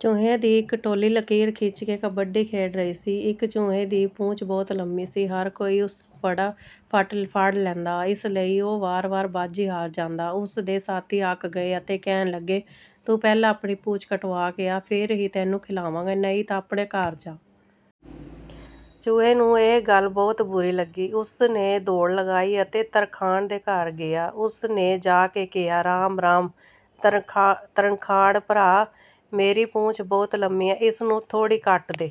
ਚੂਹਿਆਂ ਦੀ ਇੱਕ ਟੋਲੀ ਲਕੀਰ ਖਿੱਚ ਕੇ ਕਬੱਡੀ ਖੇਡ ਰਹੀ ਸੀ। ਇੱਕ ਚੂਹੇ ਦੀ ਪੂੰਛ ਬਹੁਤ ਲੰਮੀ ਸੀ। ਹਰ ਕੋਈ ਉਸ ਨੂੰ ਫਟਾਫਟ ਫੜ ਲੈਂਦਾ, ਇਸ ਲਈ ਉਹ ਵਾਰ-ਵਾਰ ਬਾਜ਼ੀ ਹਾਰ ਜਾਂਦਾ। ਉਸ ਦੇ ਸਾਥੀ ਅੱਕ ਗਏ ਅਤੇ ਕਹਿਣ ਲੱਗੇ, "ਤੂੰ ਪਹਿਲਾਂ ਆਪਣੀ ਪੂਛ ਕਟਵਾ ਕੇ ਆ, ਫਿਰ ਹੀ ਤੈਨੂੰ ਖਿਲਾਵਾਂਗੇ, ਨਹੀਂ ਤਾਂ ਆਪਣੇ ਘਰ ਜਾ।" ਚੂਹੇ ਨੂੰ ਇਹ ਗੱਲ ਬਹੁਤ ਬੁਰੀ ਲੱਗੀ। ਉਸ ਨੇ ਦੌੜ ਲਗਾਈ ਅਤੇ ਤਰਖਾਣ ਦੇ ਘਰ ਗਿਆ। ਉਸ ਨੇ ਜਾ ਕੇ ਕਿਹਾ, "ਰਾਮ-ਰਾਮ ਤਰਖਾਣ ਭਰਾ, ਮੇਰੀ ਪੂੰਛ ਬਹੁਤ ਲੰਮੀ ਹੈ, ਇਸ ਨੂੰ ਥੋੜ੍ਹੀ ਕੱਟ ਦੇ।"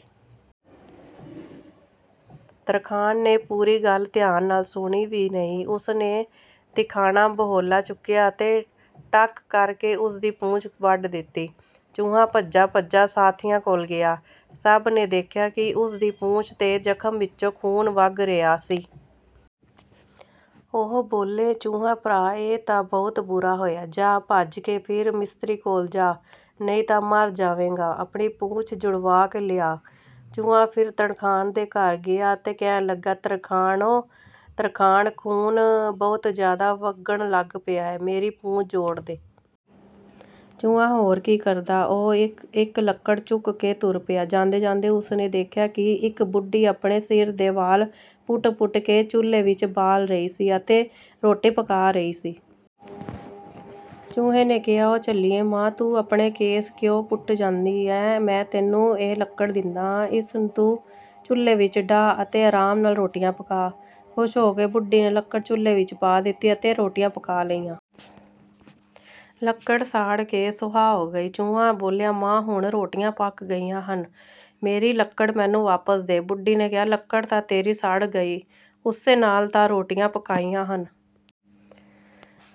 ਤਰਖਾਣ ਨੇ ਪੂਰੀ ਗੱਲ ਧਿਆਨ ਨਾਲ ਸੁਣੀ ਵੀ ਨਹੀਂ, ਉਸ ਨੇ ਤਿਖਾਣਾ ਬਹੋਲਾ ਚੁੱਕਿਆ ਅਤੇ ਟੱਕ ਕਰਕੇ ਉਸ ਦੀ ਪੂਛ ਵੱਢ ਦਿੱਤੀ। ਚੂਹਾ ਭੱਜਾ-ਭੱਜਾ ਸਾਥੀਆਂ ਕੋਲ ਗਿਆ। ਸਭ ਨੇ ਦੇਖਿਆ ਕਿ ਉਸ ਦੀ ਪੂਛ ਦੇ ਜ਼ਖ਼ਮ ਵਿੱਚੋਂ ਖ਼ੂਨ ਵਗ ਰਿਹਾ ਸੀ। ਉਹ ਬੋਲੇ, "ਚੂਹੇ ਭਰਾ, ਇਹ ਤਾਂ ਬਹੁਤ ਬੁਰਾ ਹੋਇਆ। ਜਾਹ, ਭੱਜ ਕੇ ਫਿਰ ਮਿਸਤਰੀ ਕੋਲ ਜਾਹ, ਨਹੀਂ ਤਾਂ ਮਰ ਜਾਵੇਂਗਾ, ਆਪਣੀ ਪੂਛ ਜੁੜਵਾ ਕੇ ਲਿਆ।" ਚੂਹਾ ਫਿਰ ਤਰਖਾਣ ਦੇ ਘਰ ਗਿਆ ਅਤੇ ਕਹਿਣ ਲੱਗਾ, "ਤਰਖਾਣ ਓ ਤਰਖਾਣ, ਖ਼ੂਨ ਬਹੁਤ ਜ਼ਿਆਦਾ ਵਗਣ ਲੱਗ ਪਿਆ ਹੈ, ਮੇਰੀ ਪੂਛ ਜੋੜ ਦੇ।" ਚੂਹਾ ਹੋਰ ਕੀ ਕਰਦਾ, ਉਹ ਇੱਕ ਲੱਕੜ ਚੁੱਕ ਕੇ ਤੁਰ ਪਿਆ। ਜਾਂਦੇ-ਜਾਂਦੇ ਉਸ ਨੇ ਦੇਖਿਆ ਕਿ ਇੱਕ ਬੁੱਢੀ ਆਪਣੇ ਸਿਰ ਦੇ ਵਾਲ ਪੁੱਟ-ਪੁੱਟ ਕੇ ਚੁੱਲ੍ਹੇ ਵਿੱਚ ਬਾਲ ਰਹੀ ਸੀ ਅਤੇ ਰੋਟੀ ਪਕਾ ਰਹੀ ਸੀ। ਚੂਹੇ ਨੇ ਕਿਹਾ, "ਓ ਝੱਲੀਏ ਮਾਂ, ਤੂੰ ਆਪਣੇ ਕੇਸ ਕਿਉਂ ਪੁੱਟੀ ਜਾਂਦੀ ਹੈਂ? ਲੈ, ਮੈਂ ਤੈਨੂੰ ਇਹ ਲੱਕੜ ਦਿੰਨਾ ਹਾਂ, ਇਸ ਨੂੰ ਚੁੱਲ੍ਹੇ ਵਿੱਚ ਡਾਹ ਅਤੇ ਆਰਾਮ ਨਾਲ ਰੋਟੀਆਂ ਪਕਾ।" ਖ਼ੁਸ਼ ਹੋ ਕੇ ਬੁੱਢੀ ਨੇ ਲੱਕੜ ਚੁੱਲ੍ਹੇ ਵਿੱਚ ਪਾ ਦਿੱਤੀ ਅਤੇ ਰੋਟੀਆਂ ਪਕਾ ਲਈਆਂ। ਲੱਕੜ ਸੜ ਕੇ ਸੁਆਹ ਹੋ ਗਈ। ਚੂਹਾ ਬੋਲਿਆ, "ਮਾਂ, ਹੁਣ ਰੋਟੀਆਂ ਪੱਕ ਗਈਆਂ ਹਨ, ਮੇਰੀ ਲੱਕੜ ਮੈਨੂੰ ਵਾਪਸ ਦੇ।" ਬੁੱਢੀ ਨੇ ਕਿਹਾ, "ਲੱਕੜ ਤਾਂ ਤੇਰੀ ਸੜ ਗਈ, ਉਸੇ ਨਾਲ ਤਾਂ ਰੋਟੀਆਂ ਪਕਾਈਆਂ ਹਨ!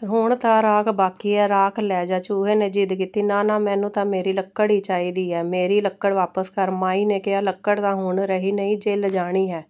ਹੁਣ ਤਾਂ ਰਾਖ ਬਾਕੀ ਹੈ, ਰਾਖ ਲੈ ਜਾ।" ਚੂਹੇ ਨੇ ਜ਼ਿੱਦ ਕੀਤੀ, "ਨਾ-ਨਾ, ਮੈਨੂੰ ਤਾਂ ਮੇਰੀ ਲੱਕੜ ਹੀ ਚਾਹੀਦੀ ਹੈ, ਮੇਰੀ ਲੱਕੜ ਵਾਪਸ ਕਰ।" ਮਾਈ ਨੇ ਕਿਹਾ, "ਲੱਕੜ ਤਾਂ ਹੁਣ ਰਹੀ ਨਹੀਂ, ਜੇ ਲਿਜਾਣੀ ਹੈ